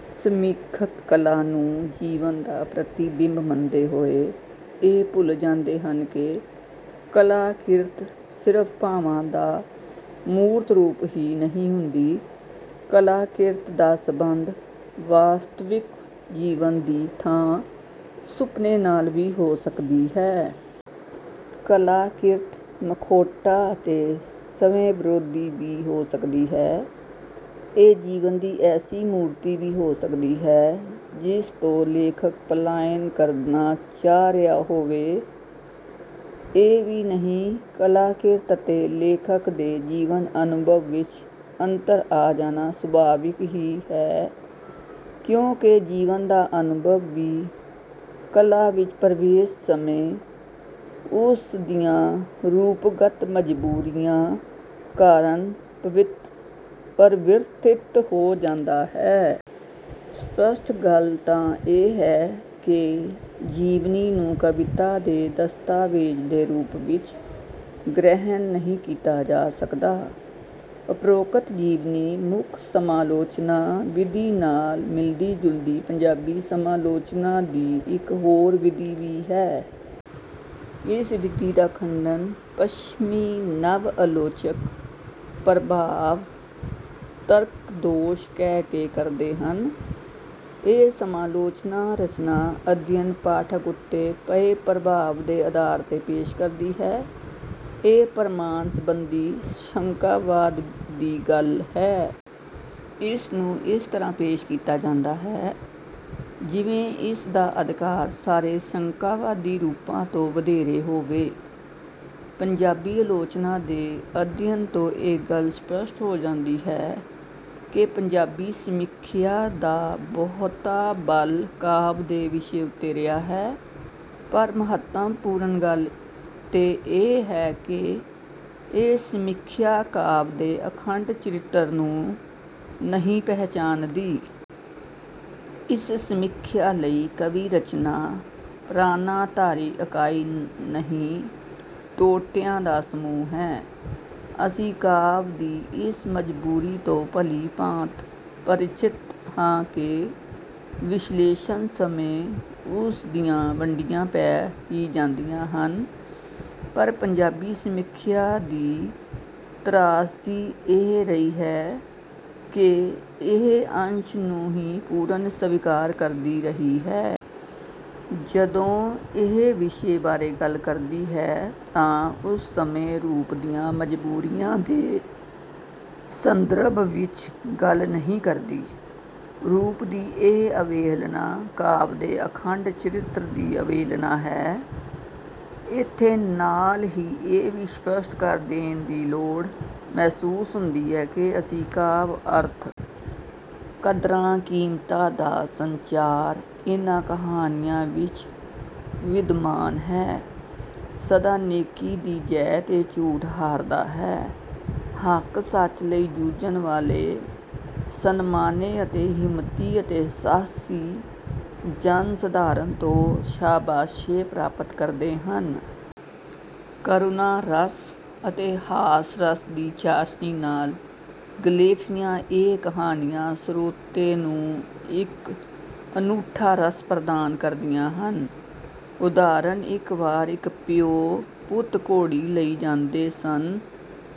ਸਮੀਖਿਕ ਕਲਾ ਨੂੰ ਜੀਵਨ ਦਾ ਪ੍ਰਤੀਬਿੰਬ ਮੰਨਦੇ ਹੋਏ ਇਹ ਭੁੱਲ ਜਾਂਦੇ ਹਨ ਕਿ ਕਲਾਕਿਰਤ ਸਿਰਫ ਭਾਵਾਂ ਦਾ ਮੂਰਤ ਰੂਪ ਹੀ ਨਹੀਂ ਹੁੰਦੀ। ਕਲਾਕਿਰਤ ਦਾ ਸੰਬੰਧ ਵਾਸਤਵਿਕ ਜੀਵਨ ਦੀ ਥਾਂ ਸੁਪਨੇ ਨਾਲ ਵੀ ਹੋ ਸਕਦੀ ਹੈ। ਕਲਾਕਿਰਤ ਮੁਖੌਟਾ ਅਤੇ ਸਵੈ ਵਿਰੋਧੀ ਵੀ ਹੋ ਸਕਦੀ ਹੈ। ਇਹ ਜੀਵਨ ਦੀ ਐਸੀ ਮੂਰਤੀ ਵੀ ਹੋ ਸਕਦੀ ਹੈ ਜਿਸ ਤੋਂ ਲੇਖਕ ਪਲਾਇਨ ਕਰਨਾ ਚਾਹ ਰਿਹਾ ਹੋਵੇ। ਇਹ ਹੀ ਨਹੀਂ ਕਲਾਕਿਰਤ ਅਤੇ ਲੇਖਕ ਦੇ ਜੀਵਨ ਅਨੁਭਵ ਵਿੱਚ ਅੰਤਰ ਆ ਜਾਣਾ ਸੁਭਾਵਿਕ ਹੀ ਹੈ ਕਿਉਂਕਿ ਜੀਵਨ ਦਾ ਅਨੁਭਵ ਵੀ ਕਲਾ ਵਿੱਚ ਪ੍ਰਵੇਸ਼ ਸਮੇਂ ਉਸ ਦੀਆਂ ਰੂਪਗਤ ਮਜ਼ਬੂਰੀਆਂ ਕਾਰਣ ਪਰਿਵਰਤਿਤ ਹੋ ਜਾਂਦਾ ਹੈ। ਸਪੱਸ਼ਟ ਗੱਲ ਤਾਂ ਇਹ ਹੈ ਕਿ ਜੀਵਨੀ ਨੂੰ ਕਵਿਤਾ ਦੇ ਦਸਤਾਵੇਜ਼ ਦੇ ਰੂਪ ਵਿੱਚ ਗ੍ਰਹਿਣ ਨਹੀਂ ਕੀਤਾ ਜਾ ਸਕਦਾ। ਉਪਰੋਕਤ ਜੀਵਨੀ ਮੁੱਖ ਸਮਾਲੋਚਨਾ ਵਿਧੀ ਨਾਲ ਮਿਲਦੀ ਜੁਲਦੀ ਪੰਜਾਬੀ ਸਮਾਲੋਚਨਾ ਦੀ ਇੱਕ ਹੋਰ ਵਿਧੀ ਵੀ ਹੈ। ਇਸ ਵਿਧੀ ਦਾ ਖੰਡਨ ਪੱਛਮੀ ਨਵ ਆਲੋਚਕ ਪ੍ਰਭਾਵ ਤਰਕਦੋਸ਼ ਕਹਿ ਕੇ ਕਰਦੇ ਹਨ। ਇਹ ਸਮਾਲੋਚਨਾ ਰਚਨਾ ਅਧਿਅਨ ਪਾਠਕ ਉੱਤੇ ਪਏ ਪ੍ਰਭਾਵ ਦੇ ਆਧਾਰ ਤੇ ਪੇਸ਼ ਕਰਦੀ ਹੈ। ਇਹ ਪ੍ਰਮਾਣ ਸੰਬੰਧੀ ਸ਼ੰਕਾਵਾਦ ਦੀ ਗੱਲ ਹੈ। ਇਸ ਨੂੰ ਇਸ ਤਰ੍ਹਾਂ ਪੇਸ਼ ਕੀਤਾ ਜਾਂਦਾ ਹੈ ਜਿਵੇਂ ਇਸ ਦਾ ਅਧਿਕਾਰ ਸਾਰੇ ਸ਼ੰਕਾਵਾਦੀ ਰੂਪਾਂ ਤੋਂ ਵਧੇਰੇ ਹੋਵੇ। ਪੰਜਾਬੀ ਆਲੋਚਨਾ ਦੇ ਅਧਿਅਨ ਤੋਂ ਇਹ ਗੱਲ ਸਪੱਸ਼ਟ ਹੋ ਜਾਂਦੀ ਹੈ ਕਿ ਪੰਜਾਬੀ ਸਮੀਖਿਆ ਦਾ ਬਹੁਤਾ ਬਲ ਕਾਵਿ ਦੇ ਵਿਸ਼ੇ ਉੱਤੇ ਰਿਹਾ ਹੈ ਪਰ ਮਹੱਤਵਪੂਰਨ ਗੱਲ ਤੇ ਇਹ ਹੈ ਕਿ ਇਹ ਸਮੀਖਿਆ ਕਾਵਿ ਦੇ ਅਖੰਡ ਚਰਿਤਰ ਨੂੰ ਨਹੀਂ ਪਹਿਚਾਣਦੀ। ਇਸ ਸਮੀਖਿਆ ਲਈ ਕਵੀ ਰਚਨਾ ਪ੍ਰਾਣਾਧਾਰੀ ਇੱਕਾਈ ਨਹੀਂ ਟੋਟਿਆਂ ਦਾ ਸਮੂਹ ਹੈ। ਅਸੀਂ ਕਾਵਿ ਦੀ ਇਸ ਮਜ਼ਬੂਰੀ ਤੋਂ ਭਲੀ ਭਾਂਤ ਪਰਿਚਤ ਹਾਂ ਕਿ ਵਿਸ਼ਲੇਸ਼ਨ ਸਮੇਂ ਉਸ ਦੀਆਂ ਵੰਡੀਆਂ ਪੈ ਹੀ ਜਾਂਦੀਆਂ ਹਨ ਪਰ ਪੰਜਾਬੀ ਸਮੀਖਿਆ ਦੀ ਤ੍ਰਾਸਦੀ ਇਹ ਰਹੀ ਹੈ ਕਿ ਇਹ ਅੰਸ਼ ਨੂੰ ਹੀ ਪੂਰਨ ਸਵੀਕਾਰ ਕਰਦੀ ਰਹੀ ਹੈ। ਜਦੋਂ ਇਹ ਵਿਸ਼ੇ ਬਾਰੇ ਗੱਲ ਕਰਦੀ ਹੈ ਤਾਂ ਉਸ ਸਮੇਂ ਰੂਪ ਦੀਆਂ ਮਜ਼ਬੂਰੀਆਂ ਦੇ ਸੰਦਰਭ ਵਿੱਚ ਗੱਲ ਨਹੀਂ ਕਰਦੀ। ਰੂਪ ਦੀ ਇਹ ਅਵਹੇਲਨਾ ਕਾਵਿ ਦੇ ਅਖੰਡ ਚਰਿਤਰ ਦੀ ਅਵਹੇਲਨਾ ਹੈ। ਇੱਥੇ ਨਾਲ ਹੀ ਇਹ ਵੀ ਸਪੱਸ਼ਟ ਕਰ ਦੇਣ ਦੀ ਲੋੜ ਮਹਿਸੂਸ ਹੁੰਦੀ ਹੈ ਕਿ ਅਸੀਂ ਕਾਵਿ ਅਰਥ। ਕਦਰਾਂ ਕੀਮਤਾਂ ਦਾ ਸੰਚਾਰ ਇਨ੍ਹਾਂ ਕਹਾਣੀਆਂ ਵਿੱਚ ਵਿਦਮਾਨ ਹੈ। ਸਦਾ ਨੇਕੀ ਦੀ ਜੈ ਤੇ ਝੂਠ ਹਾਰਦਾ ਹੈ। ਹੱਕ ਸੱਚ ਲਈ ਜੂਝਣ ਵਾਲੇ ਸਨਮਾਨੇ ਅਤੇ ਹਿੰਮਤੀ ਅਤੇ ਸਾਹਸੀ ਜਨਸਧਾਰਨ ਤੋਂ ਸ਼ਾਬਾਸ਼ੇ ਪ੍ਰਾਪਤ ਕਰਦੇ ਹਨ। ਕਰੁਣਾ ਰਸ ਅਤੇ ਹਾਸ ਰਸ ਦੀ ਚਾਸ਼ਨੀ ਨਾਲ ਗਲੇਫੀਆਂ ਇਹ ਕਹਾਣੀਆਂ ਸਰੋਤੇ ਨੂੰ ਇੱਕ ਅਨੂਠਾ ਰਸ ਪ੍ਰਦਾਨ ਕਰਦੀਆਂ ਹਨ। ਉਦਾਹਰਣ ਇੱਕ ਵਾਰ ਇੱਕ ਪਿਉ ਪੁੱਤ ਘੋੜੀ ਲਈ ਜਾਂਦੇ ਹਨ। ਪਿਓ